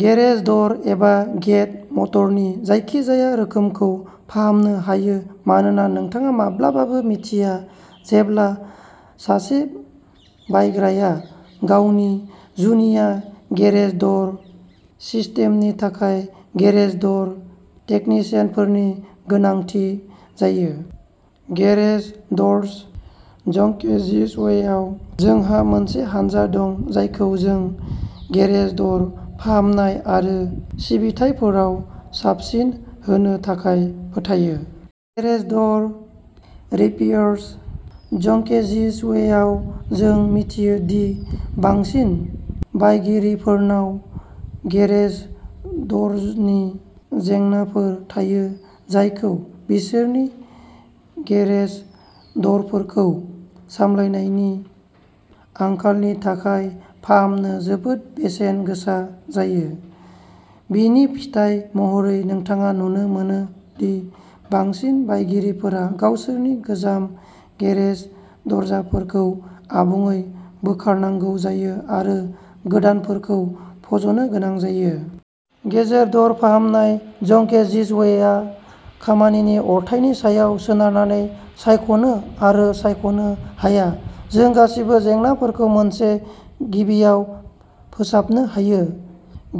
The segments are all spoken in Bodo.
गेरेज दर एबा गेट मटरनि जायखिजाया रोखोमखौ फाहामनो हायो मानोना नोंथाङा माब्लाबाबो मिन्थिया जेब्ला सासे बायग्राया गावनि जुनिया गेरेज दर सिस्टेमनि थाखाय गेरेज दर टेकनिशियानफोरनि गोनांथि जायो। गेरेज दर्स जंकेजिजवेआव जोंहा मोनसे हानजा दं जायखौ जों गेरेज दर फाहामनाय आरो सिबिथाइफोराव साबसिन होनो थाखाय फोथायो। गेरेज दर रिपेयार्स जंकेजिजवेआव जों मिथियो दि बांसिन बायगिरिफोरनाव गेरेज द'रनि जेंनाफोर थायो जायखौ बिसोरनि गेरेज द'रफोरखौ सामलायनायनि आंखालनि थाखाय फाहामनो जोबोद बेसेन गोसा जायो। बेनि फिथाय महरै, नोंथाङा नुनो मोनो दि बांसिन बायगिरिफोरा गावसोरनि गोजाम गेरेज दरफोरखौ आबुङै बोखारनांगौ जायो आरो गोदानफोरखौ फज'नो गोनां जायो। गेरेज दर फाहामनाय जंकेजिजवेआ खामानिनि अरथाइनि सायाव सोनारनानै सायख'नो आरो सायख'नो हाया, जों गासिबो जेंनाफोरखौ मोनसे गिबिआव फोसाबनो हायो!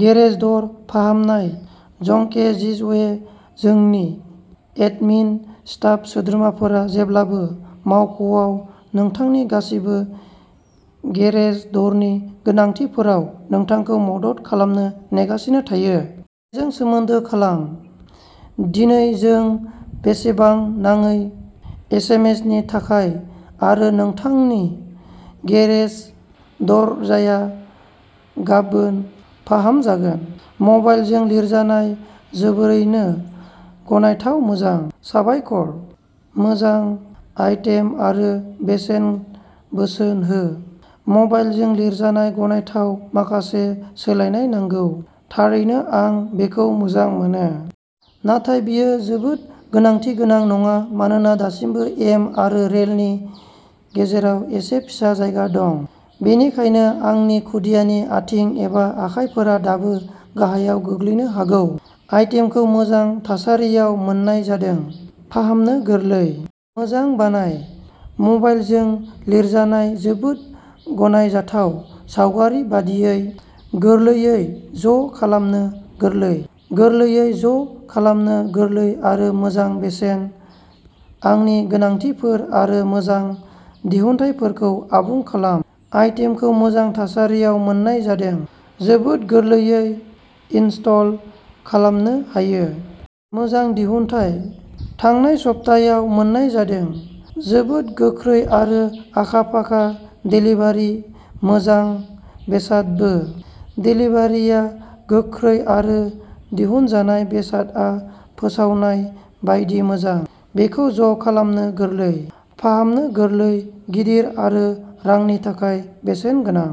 गेरेज दर फाहामनाय जंकेजिजवे जोंनि एडमिन स्टाफ सोद्रोमाफोरा जेब्लाबो मावख'आव नोंथांनि गासिबो गेरेज दरनि गोनांथिफोराव नोंथांखौ मदद खालामनो नेगासिनो थायो। बेजों सोमोन्दो खालाम। दिनै जों बेसेन नाङै एसेमेसनि थाखाय आरो नोंथांनि गेरेज दरजाया गाबोन फाहामजागोन! मबाइलजों लिरजानाय जोबोरैनो गनायथाव मोजां। साबायखर! मोजां आइटेम आरो बेसेन बोसोन हो। मबाइलजों लिरजानाय गनायथाव माखासे सोलायनाय नांगौ! थारैनो आं बेखौ मोजां मोनो। नाथाय बेयो जोबोद रैखाथि गोनां नङा मानोना दासिमबो एम आरो रेलनि गेजेराव एसे फिसा जायगा दं। बेनिखायनो आंनि खुदियानि आथिं एबा आखाइफोरा दाबो गाहायाव गोग्लैनो हागौ। आइटेमखौ मोजां थासारियाव मोन्नाय जादों। फाहामनो गोरलै। मोजां बायनाय! मबाइलजों लिरजानाय जोबोद गनायजाथाव सावगारि बायदियै। गोरलैयै ज' खालामनो गोरलै। गोरलैयै ज' खालामनो गोरलै आरो मोजां बेसेन। आंनि गोनांथिफोर आरो मोजां दिहुनथायफोरखौ आबुं खालाम। आइटेमखौ मोजां थासारियाव मोन्नाय जादों। जोबोद गोरलैयै इनस्टल खालामनो हायो। मोजां दिहुनथाय। थांनाय सप्तायाव मोन्नाय जादों। जोबोद गोख्रै आरो आखा फाखा देलिभारि! मोजां बेसादबो! देलिभारिआ गोख्रै आरो दिहुनजानाय बेसादआ फोसावनाय बायदि मोजां। बेखौ ज' खालामनो गोरलै। फाहामनो गोरलै, गिदिर आरो रांनि थाखाय बेसेन गोनां।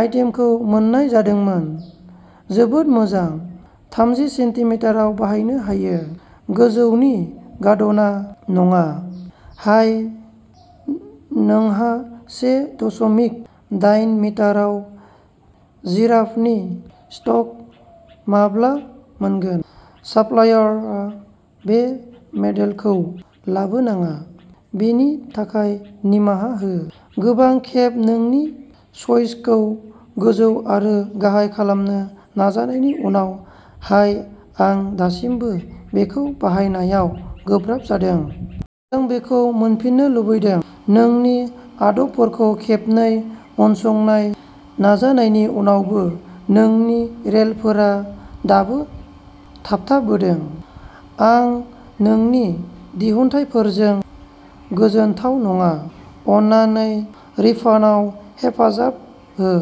आइटेमखौ मोन्नाय जादोंमोन। जोबोद मोजां। थामजि सेन्टिमिटाराव बाहायनो हायो। गोजौनि गाद'ना नङा? हाइ, नोंहा से दसमिक दाइन मिटाराव जिराफनि स्टक माब्ला मोनगोन? साप्लायरआ बे मडेलखौ लाबोनाङा, बेनि थाखाय निमाहा हो। गोबां खेब नोंनि स्विचखौ गोजौ आरो गाहाय खालामनो नाजानायनि उनाव हाय आं दासिमबो बेखौ बाहायनायाव गोब्राब जादों। जों बेखौ होफिननो लुबैदों। नोंनि आदबफोरखौ खेबनै उनसंनाय नाजानायनि उनावबो, नोंनि रेलफोरा दाबो थाबथाबोदों। आं नोंनि दिहुनथायफोरजों गोजोनथाव नङा, अन्नानै रिफन्डआव हेफाजाब हो।